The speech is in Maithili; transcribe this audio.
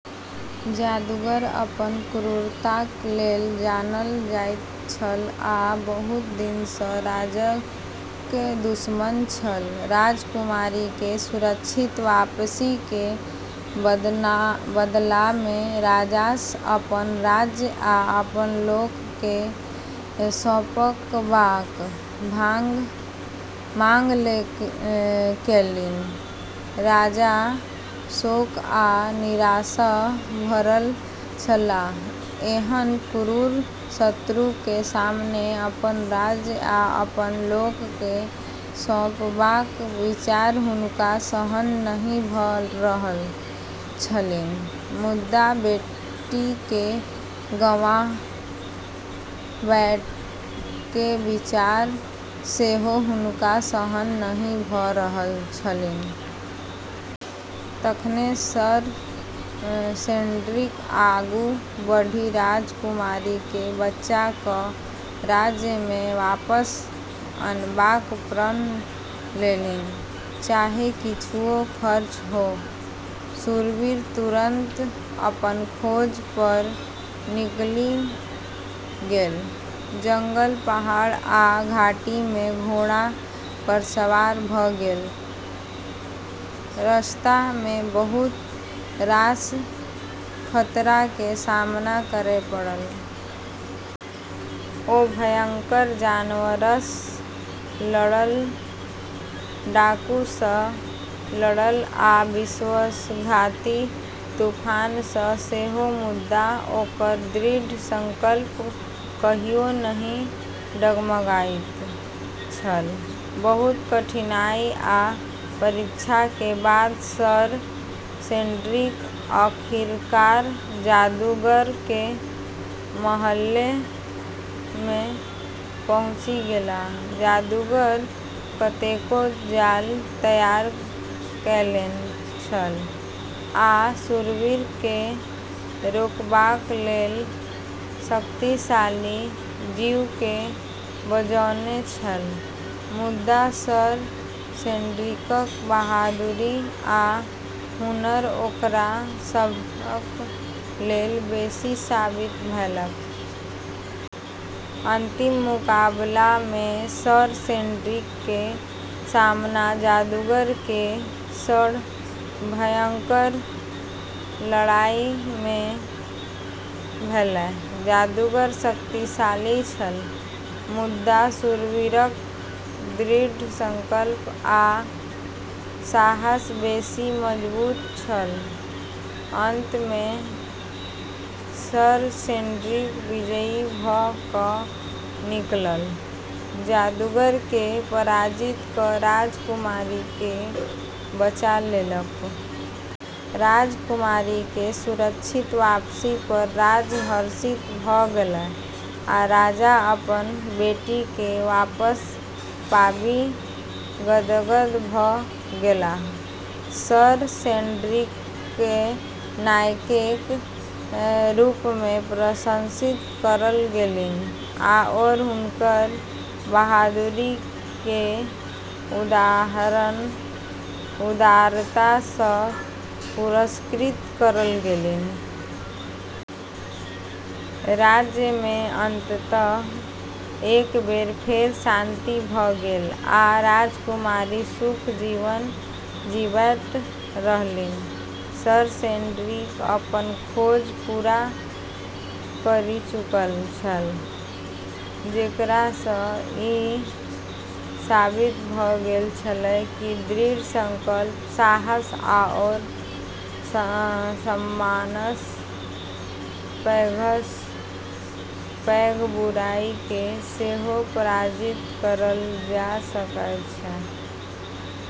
जादूगर अपन क्रूरताक लेल जानल जाइत छल आ बहुत दिनसँ राज्यक दुश्मन छल राजकुमारीके सुरक्षित वापसीके बदलामे राजासँ अपन राज्य आ अपन लोकके सौंपबाक मांग केलनि। राजा शोक आ निराशासँ भरल छलाह एहन क्रूर शत्रुके सामने अपन राज्य आ अपन लोकके सौंपबाक विचार हुनका सहन नहि भ' रहल छलनि, मुदा बेटीके गंवाबैके विचार सेहो हुनका सहन नहि भ' रहल छलनि। तखने सर सेड्रिक आगू बढ़ि राजकुमारीकेँ बचा क' राज्यमे वापस अनबाक प्रण लेलनि, चाहे किछुओ खर्च हो। शूरवीर तुरंत अपन खोज पर निकलि गेल, जंगल, पहाड़ आ घाटीमे घोड़ा पर सवार भ' गेल, रस्तामे बहुत रास खतराके सामना करै पड़लै। ओ भयंकर जानवरसँ लड़ल, डाकूसँ लड़ल आ विश्वासघाती तूफानसँ सेहो, मुदा ओकर दृढ़ संकल्प कहियो नहि डगमगाइत छल। बहुत कठिनाई आ परीक्षाके बाद सर सेड्रिक आखिरकार जादूगरके महलमे पहुँचि गेलाह। जादूगर कतेको जाल तैयार कएने छल आ शूरवीरकेँ रोकबाक लेल शक्तिशाली जीवकेँ बजौने छल, मुदा सर सेड्रिकक बहादुरी आ हुनर ओकरा सभक लेल बेशी साबित भेलैक। अंतिम मुकाबलामे सर सेड्रिकके सामना जादूगरके सङ्ग भयंकर लड़ाइमे भेलै। जादूगर शक्तिशाली छल, मुदा शूरवीरक दृढ़ संकल्प आ साहस बेशी मजबूत छल। अंतमे सर सेड्रिक विजयी भ' क' निकलल, जादूगरकेँ पराजित क' राजकुमारीकेँ बचा लेलक। राजकुमारीके सुरक्षित वापसी पर राज्य हर्षित भ' गेलै, आ राजा अपन बेटीके वापस पाबि गदगद भ' गेलाह । सर सेड्रिकके नायकके रूपमे प्रशंसित करल गेलनि आओर हुनकर बहादुरीके उदारता सँ पुरस्कृत करल गेलनि । राज्यमे अंततः एक बेर फेर शांति भ' गेल, आ राजकुमारी सुखी जीवन जीबैत रहलीह। सर सेड्रिक अपनऽ खोज पूरा करि चुकल छलै, जेकरासँ ई साबित भ' गेल छलै कि दृढ़ संकल्प, साहस आओर सम्मानसँ पैघसँ पैघ बुराइके सेहो पराजित करल जा सकै छै।